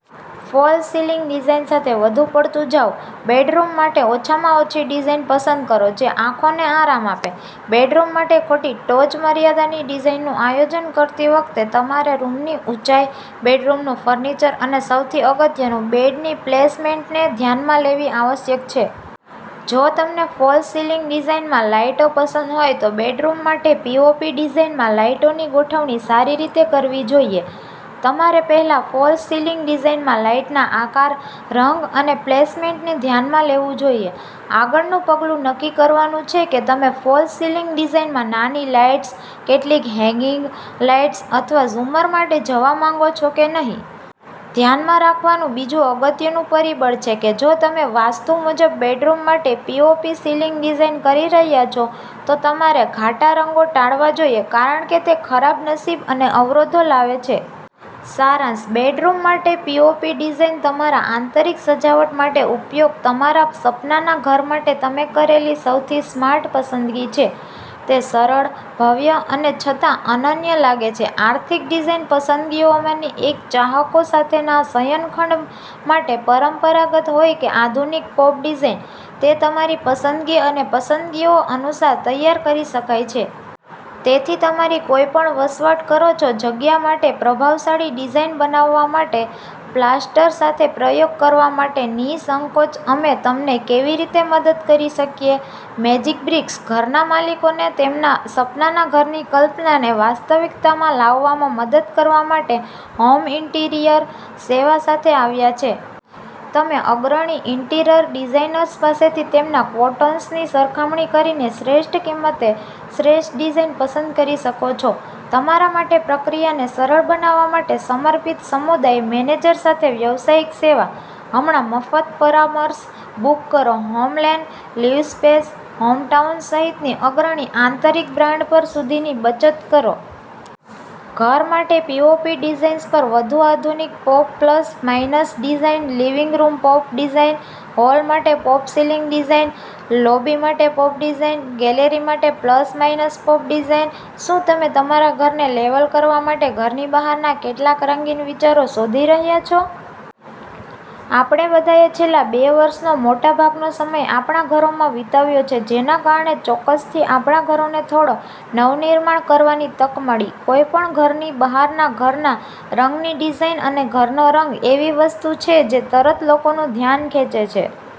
False ceiling design સાથે વધુ પડતું જાઓ. બેડરૂમ માટે ઓછામાં ઓછી ડિઝાઇન પસંદ કરો જે આંખોને આરામ આપે. બેડરૂમ માટે ખોટી ટોચમર્યાદાની ડિઝાઇનનું આયોજન કરતી વખતે તમારે રૂમની ઊંચાઈ, બેડરૂમનું ફર્નિચર અને સૌથી અગત્યનું, બેડની પ્લેસમેન્ટને ધ્યાનમાં લેવી આવશ્યક છે. જો તમને ફોલ્સ સિલિંગ ડિઝાઈનમાં લાઈટો પસંદ હોય તો બેડરૂમ માટે પીઓપી ડિઝાઈનમાં લાઈટોની ગોઠવણી સારી રીતે કરવી જોઈએ. તમારે પહેલા ફોલ્સ સિલિંગ ડિઝાઇનમાં લાઇટના આકાર, રંગ અને પ્લેસમેન્ટને ધ્યાનમાં લેવું જોઈએ. આગળનું પગલું નક્કી કરવાનું છે કે તમે ફોલ્સ સિલિંગ ડિઝાઇનમાં નાની લાઇટ્સ, કેટલીક હેંગિંગ લાઇટ્સ અથવા ઝુમ્મર માટે જવા માંગો છો કે નહીં. ધ્યાનમાં રાખવાનું બીજું અગત્યનું પરિબળછે કે જો તમે વાસ્તુ મુજબ બેડરૂમ માટે પીઓપી સીલિંગ ડિઝાઇન કરી રહ્યા છો, તો તમારે ઘાટા રંગો ટાળવા જોઈએ કારણ કે તે ખરાબ નસીબ અને અવરોધો લાવે છે. સારાંશ બેડરૂમ માટે પીઓપી ડિઝાઇન તમારા આંતરિક સજાવટ માટે ઉપયોગ તમારા સપનાના ઘર માટે તમે કરેલી સૌથી સ્માર્ટ પસંદગી છે. તે સરળ, ભવ્ય અને છતાં અનન્ય લાગે છે. આર્થિક ડિઝાઇન પસંદગીઓમાંની એક. ચાહકો સાથેના શયનખંડ માટે પરંપરાગત હોય કે આધુનિક પૉપ ડિઝાઇન, તે તમારી પસંદગી અને પસંદગીઓ અનુસાર તૈયાર કરી શકાય છે. તેથી તમારી કોઈપણ વસવાટ કરો છો જગ્યા માટે પ્રભાવશાળી ડિઝાઇન બનાવવા માટે પ્લાસ્ટર સાથે પ્રયોગ કરવા માટે નિઃસંકોચ. અમે તમને કેવી રીતે મદદ કરી શકીએ? મેજિક બ્રિક્સ ઘરના માલિકોને તેમના સપનાના ઘરની કલ્પનાને વાસ્તવિકતામાં લાવવામાં મદદ કરવા માટે હોમ ઇન્ટિરિયર સેવા સાથે આવ્યા છે. તમે અગ્રણી ઇન્ટિરર ડિઝાઇનર્સ પાસેથી તેમના ક્વોટૉન્સની સરખામણી કરીને શ્રેષ્ઠ કિંમતે શ્રેષ્ઠ ડિઝાઇન પસંદ કરી શકો છો. તમારા માટે પ્રક્રિયાને સરળ બનાવવા માટે સમર્પિત સમુદાય મેનેજર સાથે વ્યવસાયિક સેવા. હમણાં મફત પરામર્શ બુક કરો હોમલેન, લિવસ્પેસ, હોમટાઉન સહિતની અગ્રણી આંતરિક બ્રાન્ડ પર સુધીની બચત કરો. ઘર માટે પીઓપી ડિઝાઇન્સ પર વધુ આધુનિક POP plus minus design, living room POP design, hall માટે પોપ સીલિંગ ડિઝાઇન, લોબી માટે પોપ ડિઝાઇન, ગેલેરી માટે પ્લસ માઇનસ પૉપ ડિઝાઇન. શું તમે તમારા ઘરને લેવલ કરવા માટે ઘરની બહારના કેટલાક રંગીન વિચારો શોધી રહ્યાં છો? આપણે બધાએ છેલ્લાં બે વર્ષનો મોટા ભાગનો સમય આપણા ઘરોમાં વિતાવ્યો છે જેના કારણે ચોક્કસથી આપણા ઘરોને થોડો નવનિર્માણ કરવાની તક મળી. કોઈપણ ઘરની બહારના ઘરના રંગની ડિઝાઇન અને ઘરનો રંગ એવી વસ્તુ છે જે તરત લોકોનું ધ્યાન ખેંચે છે.